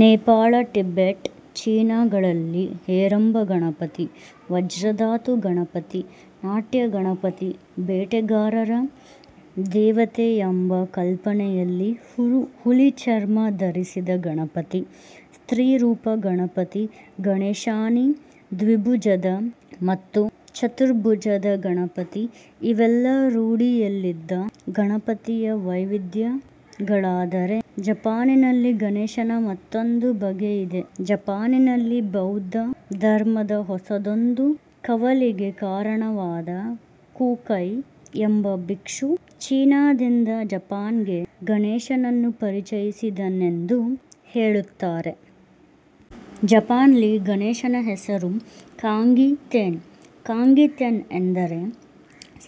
ನೇಪಾಳ, ಟಿಬೆಟ್, ಚೀನಾಗಳಲ್ಲಿ ಹೇರಂಬ ಗಣಪತಿ, ವಜ್ರಧಾತು ಗಣಪತಿ, ನಾಟ್ಯ ಗಣಪತಿ, ಬೇಟೆಗಾರರ ದೇವತೆಯೆಂಬ ಕಲ್ಪನೆಯಲ್ಲಿ ಹುಲಿ ಚರ್ಮ ಧರಿಸಿದ ಗಣಪತಿ, ಸ್ತ್ರೀ ರೂಪಿ ಗಣಪತಿ ಗಣೇಶಾನಿ ದ್ವಿಭುಜದ ಮತ್ತು ಚತುರ್ಭುಜದ ಗಣಪತಿ ಇವೆಲ್ಲ ರೂಢಿಯಲ್ಲಿದ್ದ ಗಣಪತಿಯ ವೈವಿಧ್ಯಗಳಾದರೆ ಜಪಾನಿನಲ್ಲಿ ಗಣೇಶನ ಮತ್ತೊಂದೇ ಬಗೆಯಿದೆ. ಜಪಾನಿನಲ್ಲಿ ಬೌದ್ಧ ಧರ್ಮದ ಹೊಸದೊಂದು ಕವಲಿಗೆ ಕಾರಣನಾದ 'ಕುಕೈ' ಎಂಬ ಬಿಕ್ಷು ಚೀನಾದಿಂದ ಜಪಾನ್ಗೆ ಗಣೇಶನನ್ನು ಪರಿಚಯಿಸಿದನೆಂದು ಹೇಳುತ್ತಾರೆ. ಜಪಾನ್ಲ್ಲಿ ಗಣೇಶನ ಹೆಸರು ಕಾಂಗಿ-ತೆನ್. ಕಾಂಗಿ-ತೆನ್ ಎಂದರೆ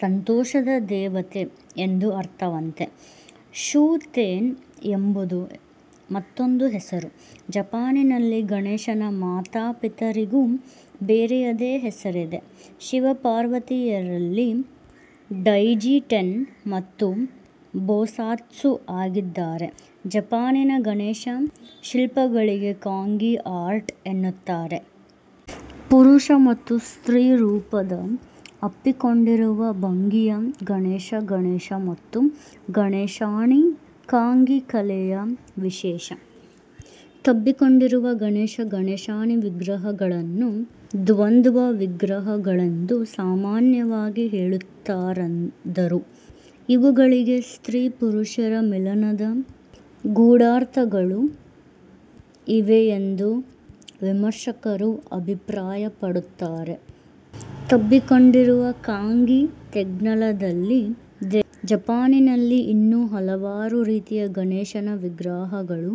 ಸಂತೋಷದ ದೇವತೆ ಎಂದು ಅರ್ಥವಂತೆ. ಶೂ-ತೆನ್ ಎಂಬುದು ಮತ್ತೊಂದು ಹೆಸರು. ಜಪಾನಿನಲ್ಲಿ ಗಣೇಶನ ಮಾತಾ ಪಿತರಿಗೂ ಬೇರೆಯದೇ ಹೆಸರಿದೆ. ಶಿವ ಪಾರ್ವತಿಯರಿಲ್ಲಿ ಡೈಜಿ ಟೆನ್ ಮತ್ತು ಬೊಸಾತ್ಸು ಆಗಿದ್ದಾರೆ. ಜಪಾನಿನ ಗಣೇಶ ಶಿಲ್ಪಗಳಿಗೆ ಕಾಂಗಿ ಆರ್ಟ್ ಎನ್ನುತ್ತಾರೆ. ಪುರುಷ ಮತ್ತು ಸ್ತ್ರೀ ರೂಪದ ಅಪ್ಪಿಕೊಂಡಿರುವ ಭಂಗಿಯ ಗಣೇಶ ಗಣೇಶ ಮತ್ತು ಗಣೇಶಾನಿ ಕಾಂಗಿ ಕಲೆಯ ವಿಶೇಷ. ತಬ್ಬಿಕೊಂಡಿರುವ ಗಣೇಶ-ಗಣೇಶಾನಿ ವಿಗ್ರಹಗಳನ್ನು ದ್ವಂದ್ವ ವಿಗ್ರಹಗಳೆಂದು ಸಾಮಾನ್ಯವಾಗಿ ಹೇಳುತ್ತಾರಾದರೂ ಅವುಗಳಿಗೆ ಸ್ತ್ರೀ-ಪುರುಷರ ಮಿಲನದ ಗೂಢಾರ್ಥಗಳೂ ಇವೆಯೆಂದು ವಿಮರ್ಶಕರು ಅಭಿಪ್ರಾಯ ಪಡುತ್ತಾರೆ. ತಬ್ಬಿಕೊಂಡಿರುವ ಕಾಂಗಿ-ತೇನ್ಗಳಲ್ಲದೆ ಜಪಾನಿನಲ್ಲಿ ಇನ್ನೂ ಹಲವಾರು ರೀತಿಯ ಗಣೇಶನ ವಿಗ್ರಹಗಳು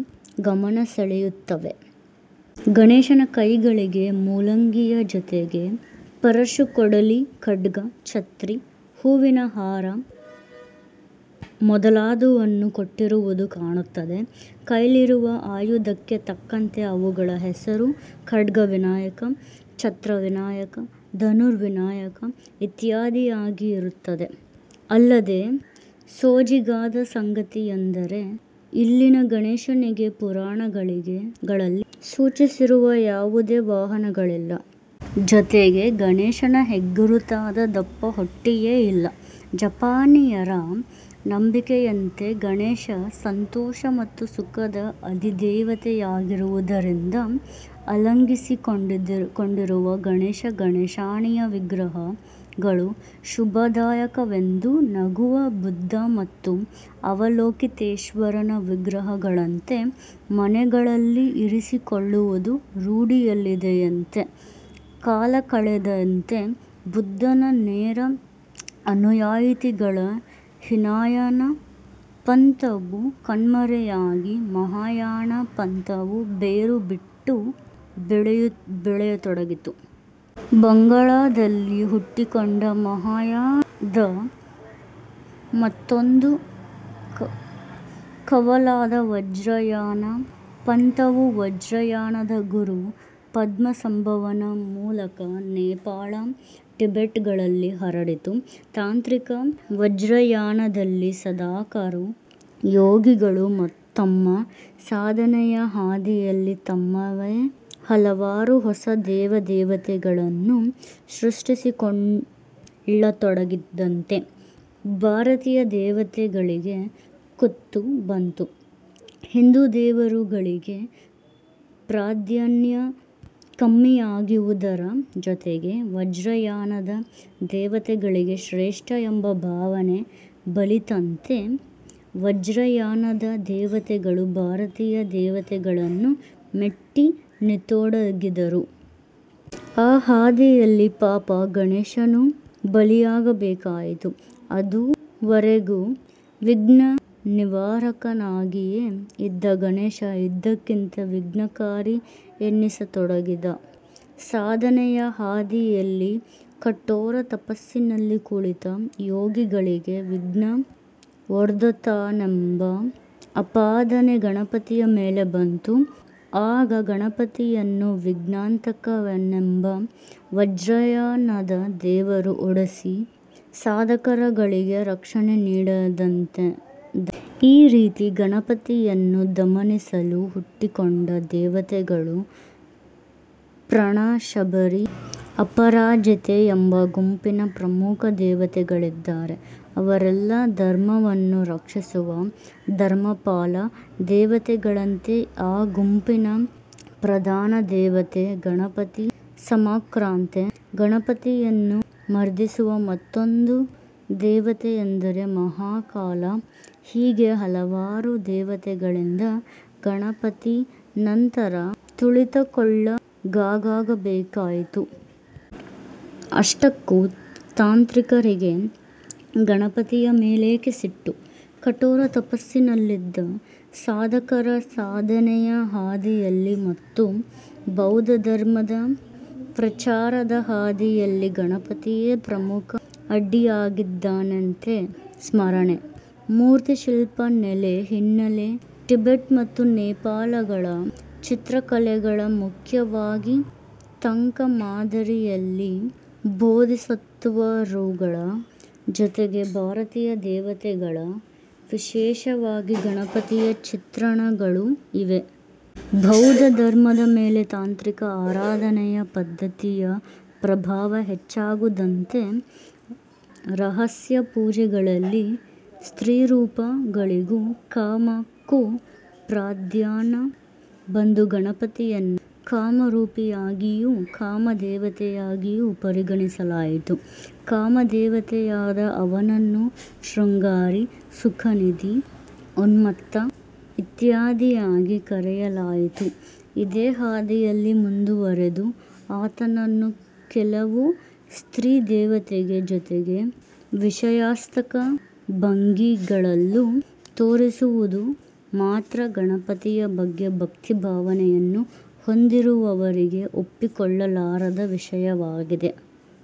ಗಮನ ಸೆಳೆಯುತ್ತವೆ. ಗಣೇಶನ ಕೈಗಳಿಗೆ ಮೂಲಂಗಿಯ ಜೊತೆಗೆ ಪರಶುಕೊಡಲಿ, ಖಡ್ಗ, ಚತ್ರಿ, ಹೂವಿನ ಹಾರ ಮೊದಲಾದುವನ್ನು ಕೊಟ್ಟಿರುವುದು ಕಾಣುತ್ತದೆ. ಕೈಲಿರುವ ಆಯುಧಕ್ಕೆ ತಕ್ಕಂತೆ ಅವುಗಳ ಹೆಸರು ಖಡ್ಗ ವಿನಾಯಕ, ಛತ್ರ ವಿನಾಯಕ, ಧನುರ್ ವಿನಾಯಕ ಇತ್ಯಾದಿಯಾಗಿ ಇರುತ್ತದೆ. ಅಲ್ಲದೆ ಸೋಜಿಗದ ಸಂಗತಿಯೆಂದರೆ ಇಲ್ಲಿನ ಗಣೇಶನಿಗೆ ಪುರಾಣಗಳಲ್ಲಿ ಸೂಚಿಸಿರುವ ಯಾವುದೇ ವಾಹನಗಳಿಲ್ಲ. ಜೊತೆಗೆ ಗಣೇಶನ ಹೆಗ್ಗುರುತಾದ ದಪ್ಪ ಹೊಟ್ಟೆಯೇ ಇಲ್ಲ. ಜಪಾನೀಯರ ನಂಬಿಕೆಯಂತೆ ಗಣೇಶ ಸಂತೋಷ ಮತ್ತು ಸುಖದ ಅಧಿದೇವತೆಯಾಗಿರುವುದರಿಂದ ಆಲಂಗಿಸಿಕೊಂಡಿರುವ ಗಣೇಶ-ಗಣೇಶಾನಿಯ ವಿಗ್ರಹಗಳು ಶುಭದಾಯಕವೆಂದು ನಗುವ ಬುದ್ಧ ಮತ್ತು ಅವಲೋಕಿತೇಶ್ವರನ ವಿಗ್ರಹಗಳಂತೆ ಮನೆಗಳಲ್ಲಿ ಇರಿಸಿಕೊಳ್ಳುವುದು ರೂಢಿಯಲ್ಲಿದೆಯಂತೆ. ಕಾಲಕಳೆದಂತೆ ಬುದ್ಧನ ನೇರ ಅನುಯಾಯಿಗಳ ಹೀನಯಾನ ಪಂಥವು ಕಣ್ಮರೆಯಾಗಿ ಮಹಾಯಾನ ಪಂಥವು ಬೇರು ಬಿಟ್ಟು ಬೆಳೆಯತೊಡಗಿತು. ಬಂಗಾಳದಲ್ಲಿ ಹುಟ್ಟಿಕೊಂಡ ಮಹಾಯಾನದ ಮತ್ತೊಂದು ಕವಲಾದ ವಜ್ರಯಾನ ಪಂಥವು ವಜ್ರಯಾನದ ಗುರು ಪದ್ಮ ಸಂಭವನ ಮೂಲಕ ನೇಪಾಳ, ಟಿಬೆಟ್ಗಳಲ್ಲಿ ಹರಡಿತು. ತಾಂತ್ರಿಕ ವಜ್ರಯಾನದಲ್ಲಿನ ಸಾಧಕರು, ಯೋಗಿಗಳು ತಮ್ಮ ಸಾಧನೆಯ ಹಾದಿಯಲ್ಲಿ ತಮ್ಮವೇ ಹಲವಾರು ಹೊಸ ದೇವ ದೇವತೆಗಳನ್ನು ಸೃಷ್ಟಿಸಿಕೊಳ್ಳತೊಡಗಿದಂತೆ ಭಾರತೀಯ ದೇವತೆಗಳಿಗೆ ಕುತ್ತು ಬಂತು. ಹಿಂದೂ ದೇವರುಗಳಿಗೆ ಪ್ರಾಧಾನ್ಯ ಕಮ್ಮಿಯಾಗುವುದರ ಜೊತೆಗೆ ವಜ್ರಯಾನದ ದೇವತೆಗಳೇ ಶ್ರೇಷ್ಟ ಎಂಬ ಭಾವನೆ ಬಲಿತಂತೆ ವಜ್ರಯಾನದ ದೇವತೆಗಳು ಭಾರತೀಯ ದೇವತೆಗಳನ್ನು ಮೆಟ್ಟಿ ನಿತೊಡಗಿದರು. ಆ ಹಾದಿಯಲ್ಲಿ ಪಾಪ ಗಣೇಶನೂ ಬಲಿಯಾಗಬೇಕಾಯಿತು. ಅದುವರೆವಿಗೂ ವಿಘ್ನ ನಿವಾರಕನಾಗಿಯೇ ಇದ್ದ ಗಣೇಶ ಇದ್ದಕ್ಕಿದ್ದಂತೆ ವಿಘ್ನಕಾರಿ ಎನ್ನಿಸತೊಡಗಿದ. ಸಾಧನೆಯ ಹಾದಿಯಲ್ಲಿ ಕಠೋರ ತಪಸ್ಸಿನಲ್ಲಿ ಕುಳಿತ ಯೋಗಿಗಳಿಗೆ ವಿಘ್ನ ಒಡ್ದುತ್ತಾನೆಂಬ ಆಪಾದನೆ ಗಣಪತಿಯ ಮೇಲೆ ಬಂದಿತು. ಆಗ ಗಣಪತಿಯನ್ನು ವಿಘ್ನಾಂತಕನೆಂಬ ವಜ್ರಯಾನದ ದೇವರು ಓಡಿಸಿ ಸಾಧಕರುಗಳಿಗೆ ರಕ್ಷಣೆ ನೀಡಿದನಂತೆ. ಈ ರೀತಿ ಗಣಪತಿಯನ್ನು ದಮನಿಸಲು ಹುಟ್ಟಿಕೊಂಡ ದೇವತೆಗಳಲ್ಲಿ ಪರ್ಣ ಶಬರಿ, ಅಪರಾಜಿತೆ ಎಂಬ ಗುಂಪಿನ ಪ್ರಮುಖ ದೇವತೆಗಳಿದ್ದಾರೆ. ಅವರೆಲ್ಲ ಧರ್ಮವನ್ನು ರಕ್ಷಿಸುವ "ಧರ್ಮಪಾಲ" ದೇವತೆಗಳಂತೆ ಆ ಗುಂಪಿನ ಪ್ರಧಾನ ದೇವತೆ 'ಗಣಪತಿ ಸಮಾಕ್ರಾಂತೆ'. ಗಣಪತಿಯನ್ನು ಮರ್ದಿಸುವ ಮತ್ತೊಂದು ದೇವತೆಯೆಂದರೆ 'ಮಹಾಕಾಲ' ಹೀಗೆ ಹಲವಾರು ದೇವತೆಗಳಿಂದ ಗಣಪತಿ ನಿರಂತರ ತುಳಿತಕ್ಕೊಳಗಾಗಬೇಕಾಯಿತು. ಅಷ್ಟಕ್ಕೂ ತಾಂತ್ರಿಕರಿಗೆ ಗಣಪತಿಯ ಮೇಲೇಕೆ ಸಿಟ್ಟು? ಕಠೋರ ತಪಸ್ಸಿನಲ್ಲಿದ್ದ ಸಾಧಕರ ಸಾಧನೆಯ ಹಾದಿಯಲ್ಲಿ ಮತ್ತು ಬೌದ್ಧ ಧರ್ಮದ ಪ್ರಚಾರದ ಹಾದಿಯಲ್ಲಿ ಗಣಪತಿಯೇ ಪ್ರಮುಖ ಅಡ್ಡಿಯಾಗಿದ್ದಾನಂತೆ ಸ್ಮರಣೆ, ಮೂರ್ತಿಶಿಲ್ಪ ನೆಲೆ ಹಿನ್ನೆಲೆ ಟಿಬೆಟ್ ಮತ್ತು ನೇಪಾಳಗಳ ಚಿತ್ರಕಲೆಗಳಲ್ಲಿ ಮುಖ್ಯವಾಗಿ ತಂಕಾ ಮಾದರಿಯಲ್ಲಿ ಬೋಧಿಸತ್ವರುಗಳ ಜೊತೆಗೆ ಭಾರತೀಯ ದೇವತೆಗಳ ವಿಶೇಷವಾಗಿ ಗಣಪತಿಯ ಚಿತ್ರಣಗಳೂ ಇವೆ. ಬೌದ್ಧ ಧರ್ಮದ ಮೇಲೆ ತಾಂತ್ರಿಕ ಆರಾಧನೆಯ ಪದ್ಧತಿಯ ಪ್ರಭಾವ ಹೆಚ್ಚಾಗುತ್ತಿದ್ದಂತೆ ರಹಸ್ಯ ಪೂಜೆಗಳಲ್ಲಿ'ಸ್ತ್ರೀರೂಪ'ಗಳಿಗೂ'ಕಾಮ'ಕ್ಕೂ ಪ್ರಾಧಾನ್ಯ ಬಂದು ಗಣಪತಿಯನ್ನು ಕಾಮರೂಪಿಯಾಗಿಯೂ, ಕಾಮ ದೇವತೆಯಾಗಿಯೂ ಪರಿಗಣಿಸಲಾಯಿತು. ಕಾಮದೇವತೆಯಾದ ಅವನನ್ನು ಶೃಂಗಾರಿ, ಸುಖನಿಧಿ, ಉನ್ಮತ್ತ ಇತ್ಯಾದಿಯಾಗಿ ಕರೆಯಲಾಯಿತು. ಇದೇ ಹಾದಿಯಲ್ಲಿ ಮುಂದುವರೆದು ಆತನನ್ನು ಕೆಲವು ಸ್ತ್ರೀ ದೇವತೆಗಳ ಜೊತೆಗೆ 'ವಿಷಯಾಸಕ್ತ ಭಂಗಿ'ಗಳಲ್ಲೂ ತೋರಿಸಿರುವುದು ಮಾತ್ರಾ ಗಣಪತಿಯ ಬಗ್ಗೆ ಭಕ್ತಿ ಭಾವನೆಯನ್ನು ಹೊಂದಿರುವವರಿಗೆ ಒಪ್ಪಿಕೊಳ್ಳಲಾರದ ವಿಷಯವಾಗಿದೆ.